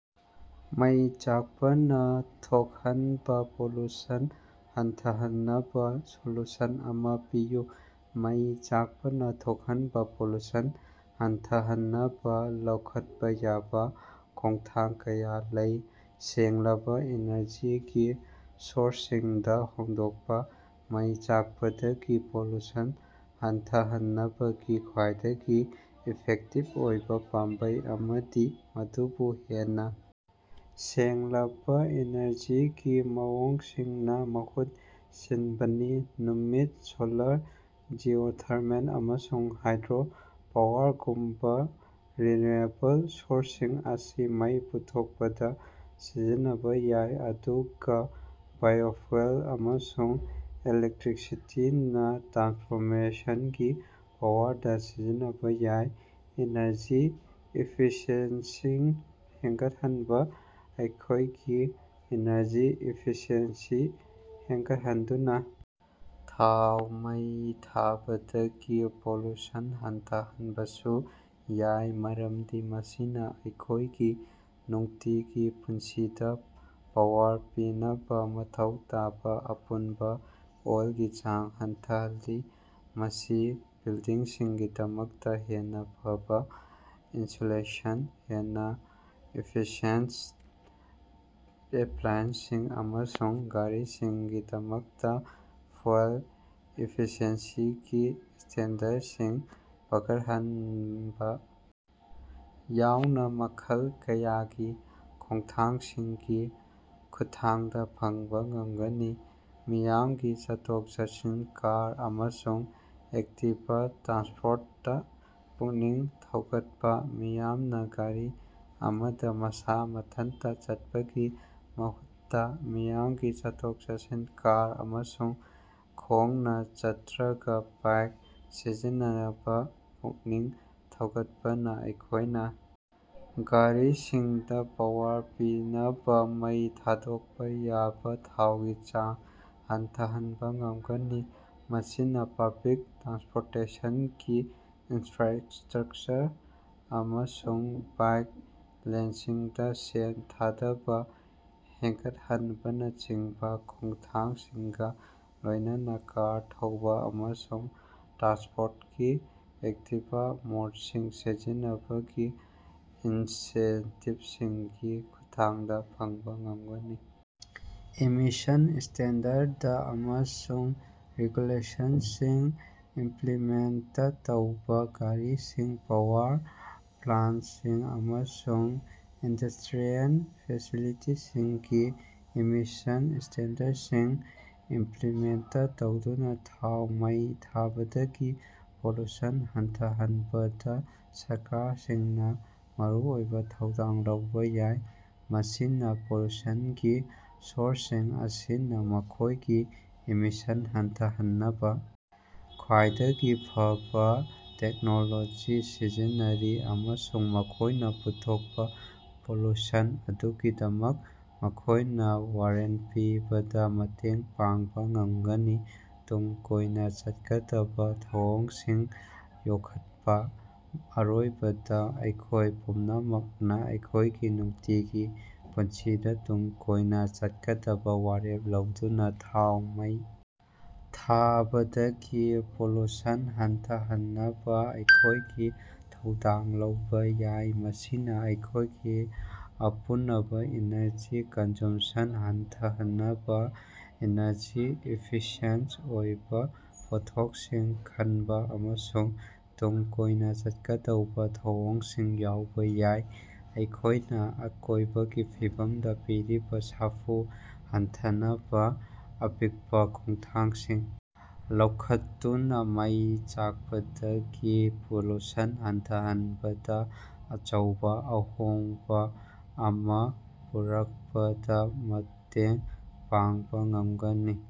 ꯃꯩ ꯆꯥꯛꯄꯅꯥ ꯊꯣꯛꯍꯟꯕꯥ ꯄꯣꯂꯨꯁꯟ ꯍꯟꯊꯍꯟꯅꯕꯥ ꯁꯣꯂꯨꯁꯟ ꯑꯃꯥ ꯄꯤꯌꯨ꯫ ꯃꯩ ꯆꯥꯛꯄꯅꯥ ꯊꯣꯛꯍꯟꯕꯥ ꯄꯣꯂꯨꯁꯟ ꯍꯟꯊꯍꯟꯅꯕꯥ ꯂꯧꯈꯠꯄꯥ ꯌꯥꯕ ꯈꯣꯡꯊꯥꯡ ꯀꯌꯥ ꯂꯩ: ꯁꯦꯡꯂꯕꯥ ꯑꯦꯅꯔꯖꯤꯒꯤ ꯁꯣꯔ꯭ꯁꯁꯤꯡꯗꯥ ꯍꯣꯡꯗꯣꯛꯄꯥ: ꯃꯩ ꯆꯥꯛꯄꯗꯒꯤ ꯄꯣꯂꯨꯁꯟ ꯍꯟꯊꯍꯟꯅꯕꯒꯤ ꯈꯥ꯭ꯋꯏꯗꯒꯤ ꯏꯐꯦꯛꯇꯤꯞ ꯑꯣꯏꯕꯥ ꯄꯥꯝꯕꯩ ꯑꯃꯗꯤ ꯃꯗꯨꯕꯨ ꯍꯦꯟꯅꯥ ꯁꯦꯡꯂꯕꯥ ꯑꯦꯅꯔꯖꯤꯒꯤ ꯃꯑꯣꯡꯁꯤꯡꯅꯥ ꯃꯍꯨꯠ ꯁꯤꯟꯕꯅꯤ꯫ ꯅꯨꯡꯁꯤꯠ, ꯁꯣꯂꯥꯔ, ꯖꯤꯑꯣꯊꯔꯃꯦꯜ, ꯑꯃꯁꯨꯡ ꯍꯥꯏꯗ꯭ꯔꯣ ꯄꯥꯋꯔꯒꯨꯝꯕꯥ ꯔꯤꯟꯌꯨꯑꯦꯕꯜ ꯁꯣꯔꯁꯁꯤꯡ ꯑꯁꯤ ꯃꯩ ꯄꯨꯊꯣꯛꯄꯗꯥ ꯁꯤꯖꯤꯟꯅꯕꯥ ꯌꯥꯏ, ꯑꯗꯨꯒꯥ ꯕꯥꯏꯑꯣꯐ꯭ꯌꯨꯑꯦꯜ ꯑꯃꯁꯨꯡ ꯏꯂꯦꯛꯇꯔꯤꯁꯤꯇꯤꯅꯥ ꯇ꯭ꯔꯥꯟꯁꯄꯣꯔꯇꯦꯁꯟꯒꯤ ꯄꯥꯋꯔꯗ ꯁꯤꯖꯤꯟꯅꯕꯥ ꯌꯥꯏ꯫ ꯏꯅꯔꯖꯤ ꯏꯐꯤꯁꯤꯑꯦꯟꯁꯤ ꯍꯦꯒꯠꯍꯟꯕꯥ: ꯑꯩꯈꯣꯏꯒꯤ ꯏꯅꯔꯖꯤ ꯏꯐꯤꯁꯤꯑꯦꯟꯁꯤ ꯐꯒꯠꯍꯟꯗꯨꯅꯥ ꯊꯥꯎ ꯃꯩ ꯊꯥꯕꯗꯒꯤ ꯄꯣꯂꯨꯁꯟ ꯍꯟꯊꯍꯟꯕꯁꯨ ꯌꯥꯏ, ꯃꯔꯝꯗꯤ ꯃꯁꯤꯅꯥ ꯑꯩꯈꯣꯏꯒꯤ ꯅꯨꯡꯇꯤꯒꯤ ꯄꯨꯟꯁꯤꯗꯥ ꯄꯥꯋꯔ ꯄꯤꯅꯕꯥ ꯃꯊꯧ ꯇꯥꯕꯥ ꯑꯄꯨꯟꯕꯥ ꯑꯣꯏꯜꯒꯤ ꯆꯥꯡ ꯍꯟꯊꯍꯜꯂꯤ꯫ ꯃꯁꯤ ꯕꯤꯜꯗꯤꯡꯁꯤꯡꯒꯤꯗꯃꯛꯇꯥ ꯍꯦꯟꯅꯥ ꯐꯕꯥ ꯏꯟꯁꯨꯂꯦꯁꯟ, ꯍꯦꯟꯅꯥ ꯏꯐꯤꯁꯤꯌꯦꯟꯇ ꯑꯦꯞꯂꯥꯏꯑꯦꯟꯁꯁꯤꯡ, ꯑꯃꯁꯨꯡ ꯒꯥꯔꯤꯁꯤꯡꯒꯤꯗꯃꯛꯇꯥ ꯐ꯭ꯌꯨꯑꯦꯜ ꯏꯐꯤꯁꯤꯑꯦꯟꯁꯤꯒꯤ ꯁ꯭ꯇꯦꯟꯗꯔꯗꯁꯤꯡ ꯐꯒꯠꯍꯟꯕꯥ ꯌꯥꯎꯅꯥ ꯃꯈꯜ ꯀꯌꯥꯒꯤ ꯈꯣꯡꯊꯥꯡꯁꯤꯡꯒꯤ ꯈꯨꯠꯊꯥꯡꯗꯥ ꯐꯪꯕꯥ ꯉꯝꯒꯅꯤ꯫ ꯃꯤꯌꯥꯝꯒꯤ ꯆꯠꯊꯣꯛ-ꯆꯠꯁꯤꯟ, ꯀꯥꯔ, ꯑꯃꯁꯨꯡ ꯑꯦꯛꯇꯤꯕ ꯇ꯭ꯔꯥꯟꯁꯄꯣꯔꯇꯇꯥ ꯄꯨꯛꯅꯤꯡ ꯊꯧꯒꯠꯄꯥ: ꯃꯤꯌꯥꯝꯅꯥ ꯒꯥꯔꯤ ꯑꯃꯗꯥ ꯃꯁꯥ ꯃꯊꯟꯇꯥ ꯆꯠꯄꯒꯤ ꯃꯍꯨꯠꯇꯥ ꯃꯤꯌꯥꯝꯒꯤ ꯆꯠꯊꯣꯛ-ꯆꯠꯁꯤꯟ, ꯀꯥꯔ, ꯑꯃꯁꯨꯡ ꯈꯣꯡꯅꯥ ꯅꯠꯇꯔꯒꯥ ꯕꯥꯏꯛ ꯁꯤꯖꯤꯟꯅꯅꯕꯥ ꯄꯨꯛꯅꯤꯡ ꯊꯧꯒꯠꯄꯅꯥ ꯑꯩꯈꯣꯏꯅꯥ ꯒꯥꯔꯤꯁꯤꯡꯗꯥ ꯄꯥꯋꯔ ꯄꯤꯅꯕꯥ ꯃꯩ ꯊꯥꯗꯣꯛꯄꯥ ꯌꯥꯕꯥ ꯊꯥꯎꯒꯤ ꯆꯥꯡ ꯍꯟꯊꯍꯟꯕꯥ ꯉꯝꯒꯅꯤ꯫ ꯃꯁꯤ ꯄꯕ꯭ꯂꯤꯛ ꯇ꯭ꯔꯥꯟꯁꯄꯣꯔꯇꯦꯁꯟꯒꯤ ꯏꯅꯐ꯭ꯔꯥꯁ꯭ꯠꯔꯀꯆꯔ ꯑꯃꯁꯨꯡ ꯕꯥꯏꯛ ꯂꯦꯟꯁꯤꯡꯗꯥ ꯁꯦꯜ ꯊꯥꯗꯕꯥ ꯍꯦꯒꯠꯍꯟꯕꯅꯆꯤꯡꯕꯥ ꯈꯣꯡꯊꯥꯡꯁꯤꯡꯒꯥ ꯂꯣꯏꯅꯅꯥ ꯀꯥꯔ ꯊꯧꯕꯥ ꯑꯃꯁꯨꯡ ꯇ꯭ꯔꯥꯟꯁꯄꯣꯔꯇꯀꯤ ꯑꯦꯛꯇꯤꯕ ꯃꯣꯠꯁꯤꯡ ꯁꯤꯖꯤꯟꯅꯕꯒꯤ ꯏꯟꯁꯦꯟꯇꯤꯕꯁꯤꯡꯒꯤ ꯈꯨꯠꯊꯥꯡꯗ ꯐꯪꯕꯥ ꯉꯝꯒꯅꯤ꯫ ꯏꯃꯤꯁꯟ ꯁ꯭ꯇꯦꯟꯗꯔꯗ ꯑꯃꯁꯨꯡ ꯔꯦꯒꯨꯂꯦꯁꯟꯁꯤꯡ ꯏꯝꯄꯂꯤꯃꯦꯟꯇ ꯇꯧꯕꯥ: ꯒꯥꯔꯤꯁꯤꯡ, ꯄꯥꯋꯔ ꯄ꯭ꯂꯥꯟꯇꯁꯤꯡ, ꯑꯃꯁꯨꯡ ꯏꯟꯗꯁ꯭ꯇꯔꯤꯑꯦꯜ ꯐꯦꯁꯤꯂꯤꯇꯤꯁꯤꯡꯒꯤ ꯏꯃꯤꯁꯟ ꯁ꯭ꯇꯦꯟꯗꯔꯗꯁꯤꯡ ꯏꯝꯄꯂꯤꯃꯦꯟꯇ ꯇꯧꯗꯨꯅꯥ ꯊꯥꯎ ꯃꯩ ꯊꯥꯕꯗꯒꯤ ꯄꯣꯂꯨꯁꯟ ꯍꯟꯊꯍꯟꯕꯗꯥ ꯁꯔꯀꯥꯔꯁꯤꯡꯅꯥ ꯃꯔꯨꯑꯣꯏꯕꯥ ꯊꯧꯗꯥꯡ ꯂꯧꯕꯥ ꯌꯥꯏ꯫ ꯃꯁꯤꯅꯥ ꯄꯣꯂꯨꯁꯟꯒꯤ ꯁꯣꯔꯁꯁꯤꯡ ꯑꯁꯤꯅꯥ ꯃꯈꯣꯏꯒꯤ ꯏꯃꯤꯁꯟ ꯍꯟꯊꯍꯟꯅꯕꯥ ꯈ꯭ꯋꯥꯏꯗꯒꯤ ꯐꯕꯥ ꯇꯦꯛꯅꯣꯂꯣꯖꯤ ꯁꯤꯖꯤꯟꯅꯔꯤ, ꯑꯃꯁꯨꯡ ꯃꯈꯣꯏꯅꯥ ꯄꯨꯊꯣꯛꯄꯥ ꯄꯣꯂꯨꯁꯟ ꯑꯗꯨꯒꯤꯗꯃꯛ ꯃꯈꯣꯏꯅꯥ ꯋꯥꯌꯦꯜ ꯄꯤꯕꯗꯥ ꯃꯇꯦꯡ ꯄꯥꯡꯕꯥ ꯉꯝꯒꯅꯤ꯫ ꯇꯨꯡ ꯀꯣꯏꯅꯥ ꯆꯠꯀꯗꯕꯥ ꯊꯧꯑꯣꯡꯁꯤꯡ ꯌꯣꯛꯈꯠꯄꯥ: ꯑꯔꯣꯏꯕꯗꯥ, ꯑꯩꯈꯣꯏ ꯄꯨꯝꯅꯃꯛꯅꯥ ꯑꯩꯈꯣꯏꯒꯤ ꯅꯨꯡꯇꯤꯒꯤ ꯄꯨꯟꯁꯤꯗꯥ ꯇꯨꯡ ꯀꯣꯏꯅꯥ ꯆꯠꯀꯗꯕꯥ ꯋꯥꯔꯦꯞ ꯂꯧꯗꯨꯅꯥ ꯊꯥꯎ ꯃꯩ ꯊꯥꯕꯗꯒꯤ ꯄꯣꯂꯨꯁꯟ ꯍꯟꯊꯍꯟꯅꯕꯥ ꯑꯩꯈꯣꯏꯒꯤ ꯊꯧꯗꯥꯡ ꯂꯧꯕꯥ ꯌꯥꯏ꯫ ꯃꯁꯤꯗꯥ ꯑꯩꯈꯣꯌꯒꯤ ꯑꯄꯨꯅꯕꯥ ꯏꯅꯔꯖꯤ ꯀꯟꯖꯨꯃꯁꯟ ꯍꯟꯊꯍꯅꯕꯥ, ꯏꯅꯔꯖꯤ ꯏꯐꯤꯁꯤꯌꯦꯟꯇ ꯑꯣꯏꯕꯥ ꯄꯣꯠꯊꯣꯛꯁꯤꯡ ꯈꯟꯕ ꯑꯃꯁꯨꯡ ꯇꯨꯡ ꯀꯣꯏꯅ ꯆꯠꯀꯗꯧꯕ ꯊꯧꯑꯣꯡꯁꯤꯡ ꯌꯥꯎꯕꯥ ꯌꯥꯏ꯫ ꯑꯩꯈꯣꯏꯅꯥ ꯑꯀꯣꯏꯕꯒꯤ ꯐꯤꯕꯝꯗꯥ ꯄꯤꯔꯤꯕꯥ ꯁꯥꯐꯨ ꯍꯟꯊꯍꯟꯅꯕꯥ ꯑꯄꯤꯛꯄꯥ ꯈꯣꯡꯊꯥꯡꯁꯤꯡ ꯂꯧꯈꯠꯇꯨꯅꯥ ꯃꯩ ꯆꯥꯛꯄꯗꯒꯤ ꯄꯣꯂꯨꯁꯟ ꯍꯟꯊꯍꯅꯕꯗꯥ ꯑꯆꯧꯕꯥ ꯑꯍꯣꯡꯕꯥ ꯑꯃꯥ ꯄꯨꯔꯛꯄꯗꯥ ꯃꯇꯦꯡ ꯄꯥꯡꯕꯥ ꯉꯝꯒꯅꯤ꯫